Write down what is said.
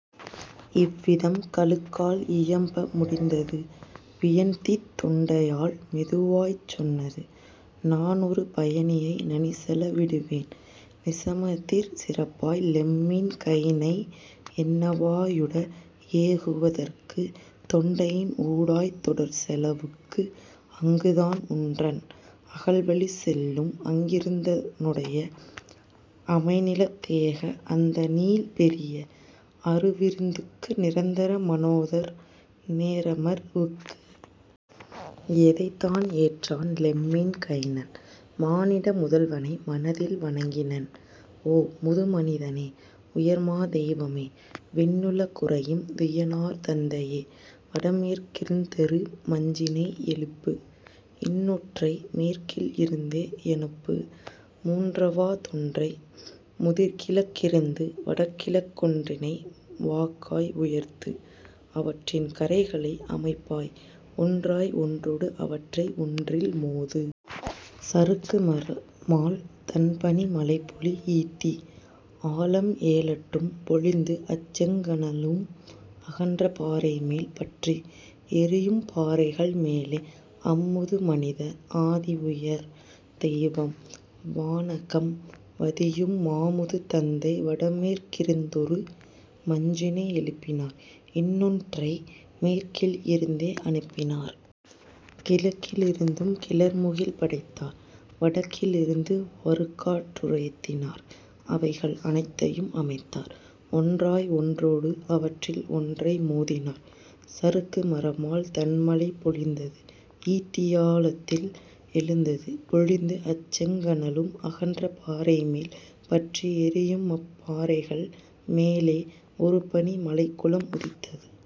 " இவ்விதம் கழுகால் இயம்ப முடிந்தது வியன்தீத் தொண்டையால் மெதுவாய்ச் சொன்னது: "நானொரு பயணியை நனிசெல விடுவேன் நிசமதிற் சிறப்பாய் லெம்மின் கைனனை என்வா யுடா யேகுவ தற்கு தொண்டையின் ஊடாய்த் தொடர்செல வுக்கு அங்குதான் உன்றன் அகல்வழி செல்லும் அங்கிருந் ததனுடை அமைநிலத் தேக அந்தநீள் பெரிய அருவிருந் துக்கு நிரந்தர மானதோர் நேரமர் வுக்கு. எதைத்தான் ஏற்றான் லெம்மின் கைனன் மானிட முதல்வனை மனதில் வணங்கினன்: "ஓ, முது மனிதனே, உயர்மா தெய்வமே! விண்ணுல குறையும் வியனார் தந்தையே! வடமேற்கிருந்தொரு மஞ்சினை யெழுப்பு இன்னொன்றை மேற்கில் இருந்தே யனுப்பு மூன்றாவ தொன்றை முதிர்கிழக் கிருந்து வடகிழக் கொன்றினை வாகாய் உயர்த்து அவற்றின் கரைகளை அமைப்பாய் ஒன்றாய் ஒன்றொடு அவற்றை ஒன்றில் மோது! சறுக்கு மரமாழ் தண்பனி மழைபொழி ஈட்டி ஆழம் எழட்டும் பொழிந்து அச்செங் கனலும் அகன்ற பாறைமேல் பற்றி எரியுமப் பாறைகள் மேலே! " அம்முது மனிதர், அதிஉயர் தெய்வம், வானகம் வதியும் மாமுது தந்தை, வடமேற் கிருந்தொரு மஞ்சினை எழுப்பினார் இன்னொன்றை மேற்கில் இருந்தே அனுப்பினார் கிழக்கி லிருந்தும் கிளர்முகில் படைத்தார் வடகிழக் கிருந்து வருகாற் றுயர்த்தினார் அவைகள் அனைத்தையும் அமைத்தார் ஒன்றாய் ஒன்றொடு அவற்றில் ஒன்றை மோதினார் சறுக்கு மரமாழ் தண்மழை பொழிந்தது ஈட்டிஆ ழத்தில் எழுந்தது பொழிந்து அச்செங் கனலும் அகன்ற பாறைமேல் பற்றி எரியுமப் பாறைகள் மேலே; ஒருபனி மழைக்குளம் உதித்தது